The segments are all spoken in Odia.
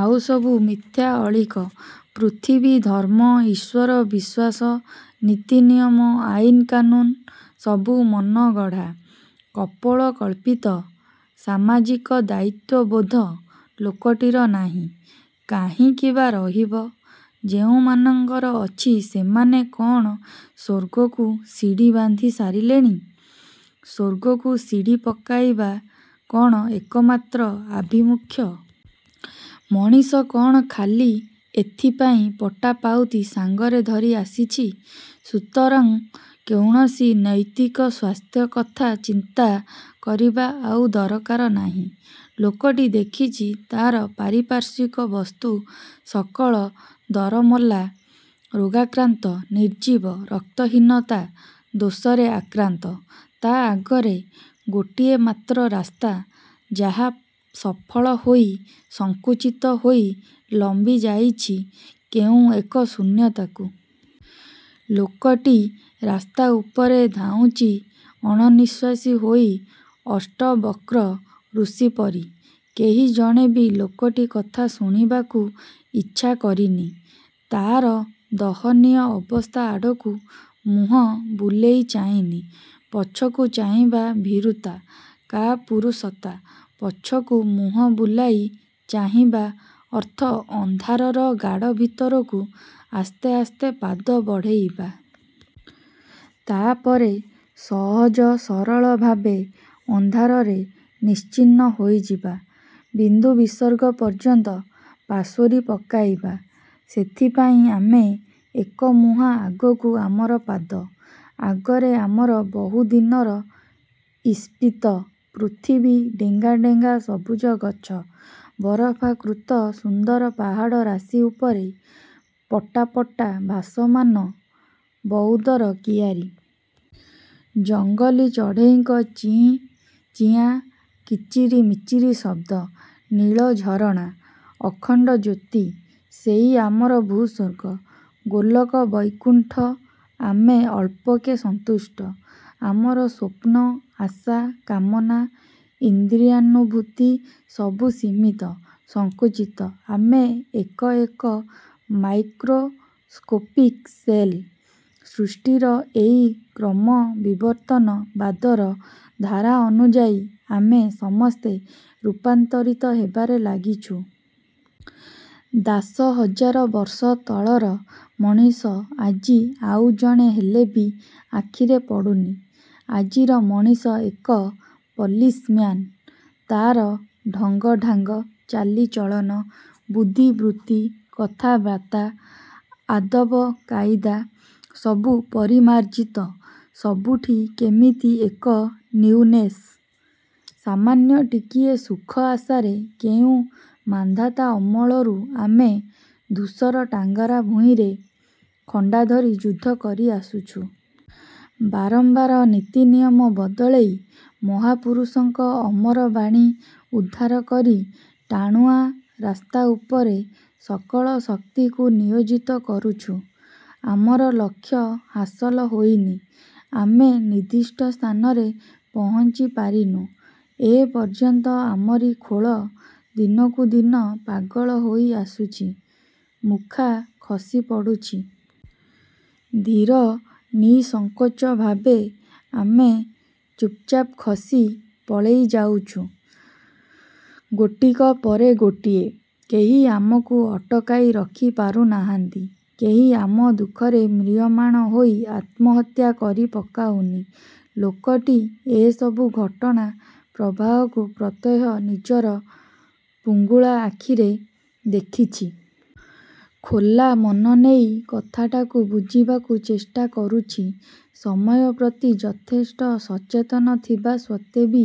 ଆଉସବୁ ମିଥ୍ୟା, ଅଳୀକ-। ପୃଥିବୀ, ଧର୍ମ, ଈଶ୍ୱର, ବିଶ୍ୱାସ, ନୀତିନିୟମ ଆଇନ୍ କାନୁନ ସବୁ ମନଗଢ଼ା। କପୋଳକଳ୍ପିତ-। ସାମାଜିକ ଦାୟିତ୍ୱବୋଧ ଲୋକଟିର ନାହିଁ। କାହିଁକି ବା ରହିବ? ଯେଉଁ ମାନଙ୍କର ଅଛି ସେମାନେ କ'ଣ ସ୍ୱର୍ଗକୁ ସିଡ଼ି ବାନ୍ଧି ସାରିଲେଣି? ସ୍ୱର୍ଗକୁ ସିଡ଼ି ପକାଇବା କ'ଣ ଏକମାତ୍ର ଆଭିମୁଖ୍ୟ! ମଣିଷ କ'ଣ ଖାଲି ଏଥିପାଇଁ ପଟା ପାଉତି ସାଙ୍ଗରେ ଧରି ଆସିଛି? ସୁତରାଂ କୌଣସି ନୈତିକ ସ୍ୱାସ୍ଥ୍ୟ କଥା ଚିନ୍ତା କରିବା ଆଉ ଦରକାର ନାହିଁ। ଲୋକଟି ଦେଖିଛି ତା'ର ପାରିପାର୍ଶ୍ୱିକ ବସ୍ତୁ ସକଳ ଦରମଲା, ରୋଗାକ୍ରାନ୍ତ, ନିର୍ଜୀବ, ରକ୍ତହୀନତା ଦୋଷରେ ଆକ୍ରାନ୍ତ। ତା' ଆଗରେ ଗୋଟିଏ ମାତ୍ର ରାସ୍ତା ଯାହା ସଫଳ ହୋଇ ସଂକୁଚିତ ହୋଇ ଲମ୍ବି ଯାଇଛି କେଉଁ ଏକ ଶୂନ୍ୟତାକୁ। ଲୋକଟି ରାସ୍ତାଉପରେ ଧାଉଁଚି ଅଣନିଃଶ୍ୱାସୀ ହୋଇ ଅଷ୍ଟବକ୍ର ଋଷିପରି। କେହି ଜଣେ ବି ଲୋକଟି କଥା ଶୁଣିବାକୁ ଇଚ୍ଛା କରିନି। ତା'ର ଦହନୀୟ ଅବସ୍ଥା ଆଡ଼କୁ ମୁହଁ ବୁଲେଇ ଚାହିଁନି, ପଛକୁ ଚାହିଁବା ଭୀରୁତା। କାପୁରୁଷତା। ପଛକୁ ମୁହଁ ବୁଲାଇ ଚାହିଁ ବା ଅର୍ଥ ଅନ୍ଧାରର ଗାଡ଼ ଭିତରକୁ ଆସ୍ତେ ଆସ୍ତେ ପାଦ ବଢ଼େଇବା। ତା'ପରେ ସହଜ ସରଳ ଭାବେ ଅନ୍ଧାରରେ ନିଶ୍ଚିହ୍ନ ହୋଇଯିବା। ବିନ୍ଦୁବିସର୍ଗ ପର୍ଯ୍ୟନ୍ତ ପାସୋରି ପକେଇବା। ସେଥିପାଇଁ ଆମେ ଏକମୁହାଁ ଆଗକୁ ଆମର ପାଦ। ଆଗରେ ଆମର ବହୁଦିନର ଈସ୍ପିତ। ପୃଥିବୀ। ଡେଙ୍ଗା ଡେଙ୍ଗା ସବୁଜ ଗଛ। ବରଫାକୃତ ସୁନ୍ଦର ପାହାଡ଼ ରାଶି ଉପରେ ପଟା ପଟା ଭାସମାନ ବଉଦର କିଆରୀ। ଜଙ୍ଗଲୀ ଚଢେଇଙ୍କ ଚିଁ ଚିଆଁ କିଚିରି ମିଚିରି ଶବ୍ଦ। ନୀଳ ଝରଣା। ଅଖଣ୍ଡ ଜ୍ୟୋତି। ସେଇ ଆମର ଭୂସ୍ୱର୍ଗ। ଗୋଲକ। ବୈକୁଣ୍ଠ। ଆମେ ଅଳ୍ପକେ ସନ୍ତୁଷ୍ଟ-। ଆମର ସ୍ୱପ୍ନ, ଆଶା, କାମନା, ଇନ୍ଦ୍ରିୟାନୁଭୂତି ସବୁ ସୀମିତ। ସଂକୁଚିତ। ଆମେ ଏକ ଏକ ମାଇକ୍ରୋସ୍କୋପିକ୍ ସେଲ୍। ସୃଷ୍ଟିର ଏଇ କ୍ରମ-ବିବର୍ତ୍ତନ ବାଦର ଧାରା ଅନୁଯାୟୀ ଆମେ ସମସ୍ତେ ରୂପାନ୍ତରୀତ ହେବାରେ ଲାଗିଛୁ। ଦାଶହଜାର ବର୍ଷ ତଳର ମଣିଷ ଆଜି ଆଉ ଜଣେ ହେଲେବି ଆଖିରେ ପଡ଼ୁନି। ଆଜିର ମଣିଷ ଏକ ପଲିସ୍ ମ୍ୟାନ୍। ତା'ର ଢଙ୍ଗଢାଙ୍ଗ, ଚାଲିଚଳନ, ବୁଦ୍ଧିବୃତ୍ତି, କଥାବାର୍ତ୍ତା, ଆଦବ କାଇଦା ସବୁ ପରିମାର୍ଜିତ। ସବୁଠି କେମିତି ଏକ ନିଉନେସ୍। ସାମାନ୍ୟ ଟିକିଏ ସୁଖ ଆଶାରେ କେଉଁ ମାନ୍ଧାତା ଅମଳରୁ ଆମେ ଧୂସର ଟାଙ୍ଗରା ଭୂଇଁରେ ଖଣ୍ଡାଧରି ଯୁଦ୍ଧ କରି ଆସୁଛୁ। ବାରମ୍ୱାର ନୀତିନିୟମ ବଦଳେଇ। ମହାପୁରୁଷଙ୍କ ଅମରବାଣୀ ଉଦ୍ଧାର କରି ଟାଣୁଆ ରାସ୍ତା ଉପରେ ସକଳ ଶକ୍ତିକୁ ନିୟୋଜିତ କରୁଛୁ। ଆମର ଲକ୍ଷ୍ୟ ହାସଲ ହୋଇନି। ଆମେ ନିର୍ଦ୍ଦିଷ୍ଟ ସ୍ଥାନରେ ପହଞ୍ଚି ପାରିନୁ। ଏପର୍ଯ୍ୟନ୍ତ ଆମରି ଖୋଳ ଦିନକୁ ଦିନ ପାଗଳ ହୋଇ ଆସୁଛି। ମୁଖା ଖସିପଡ଼ୁଛି। ଧୀର ନିଃସଂକୋଚ ଭାବେ ଆମେ ଚୁପ୍ଚାପ୍ ଖସି ପଳେଇ ଯାଉଛୁ ଗୋଟିକ ପରେ ଗୋଟିଏ। କେହି ଆମକୁ ଅଟକାଇ ରଖି ପାରୁନାହାନ୍ତି। କେହି ଆମ ଦୁଃଖରେ ମ୍ରିୟମାଣ ହୋଇ ଆତ୍ମହତ୍ୟା କରି ପକାଉନି। ଲୋକଟି ଏସବୁ ଘଟଣା ପ୍ରବାହକୁ ପ୍ରତ୍ୟେହ ନିଜର ଫୁଙ୍ଗୁଳା ଆଖିରେ ଦେଖିଛି। ଖୋଲା ମନନେଇ କଥାଟାକୁ ବୁଝିବାକୁ ଚେଷ୍ଟା କରୁଛି। ସମୟ ପ୍ରତି ଯଥେଷ୍ଟ ସଚେତନ ଥିବା ସତ୍ତ୍ୱେ ବି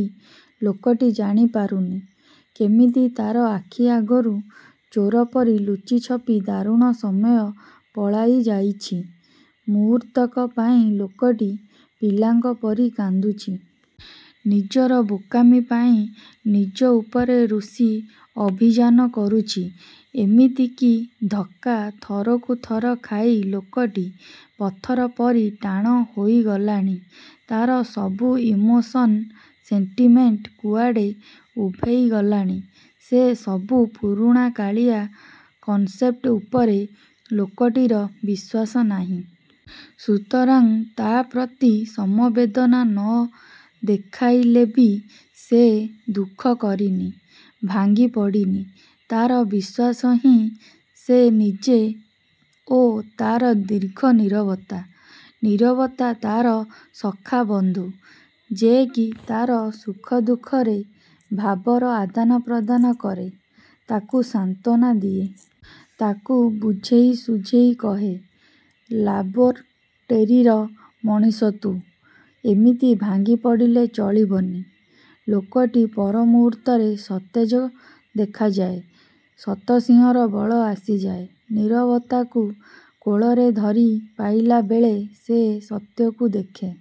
ଲୋକଟି ଜାଣି ପାରୁନି। କେମିତି ତା'ର ଆଖି ଆଗରୁ ଚୋର ପରି ଲୁଚିଛପି ଦାରୁଣ ସମୟ ପଳାଇ ଯାଇଛି। ମୁହୂର୍ତ୍ତକ ପାଇଁ ଲୋକଟି ପିଲାଙ୍କ ପରି କାନ୍ଦୁଛି। ନିଜର ବୋକାମି ପାଇଁ ନିଜ ଉପରେ ରୁଷି ଅଭିଯାନ କରୁଛି। ଏମିତିକି ଧକ୍କା ଥରକୁ ଥର ଖାଇ ଲୋକଟି ପଥର ପରି ଟାଣ ହୋଇଗଲାଣି। ତା'ର ସବୁ ଇମୋସନ୍, ସେଣ୍ଟିମେଣ୍ଟ୍ କୁଆଡ଼େ ଉଭେଇ ଗଲାଣି। ସେ ସବୁ ପୁରୁଣାକାଳିଆ କନସେପ୍ଟ ଉପରେ ଲୋକଟିର ବିଶ୍ୱାସ ନାହିଁ। ସୁତରାଂ ତା' ପ୍ରତି ସମବେଦନା ନ ଦେଖାଇଲେବି ସେ ଦୁଃଖ କରିନି। ଭାଙ୍ଗି ପଡ଼ିନି। ତା'ର ବିଶ୍ୱାସହିଁ ସେ ନିଜେ ଓ ତା'ର ଦୀର୍ଘ ନୀରବତା। ନୀରବତା ତା'ର ସଖା ବନ୍ଧୁ, ଯେ କି ତା'ର ସୁଖଦୁଃଖରେ ଭାବର ଆଦାନପ୍ରଦାନ କରେ। ତାକୁ ସାନ୍ତ୍ୱନା ଦିଏ। ତାକୁ ବୁଝେଇ ସୁଝେଇ କହେ, ''ଲାବୋରଟେରୀର ମଣିଷ ତୁ। ଏମିତି ଭାଙ୍ଗି ପଡ଼ିଲେ ଚଳିବନି। '' ଲୋକଟି ପରମୁହୂର୍ତ୍ତରେ ସତେଜ ଦେଖାଯାଏ। ଶତସିଂହର ବଳ ଆସିଯାଏ। ନୀରବତାକୁ କୋଳରେ ଧରି ପାଇଲାବେଳେ ସେ ସତ୍ୟକୁ ଦେଖେ।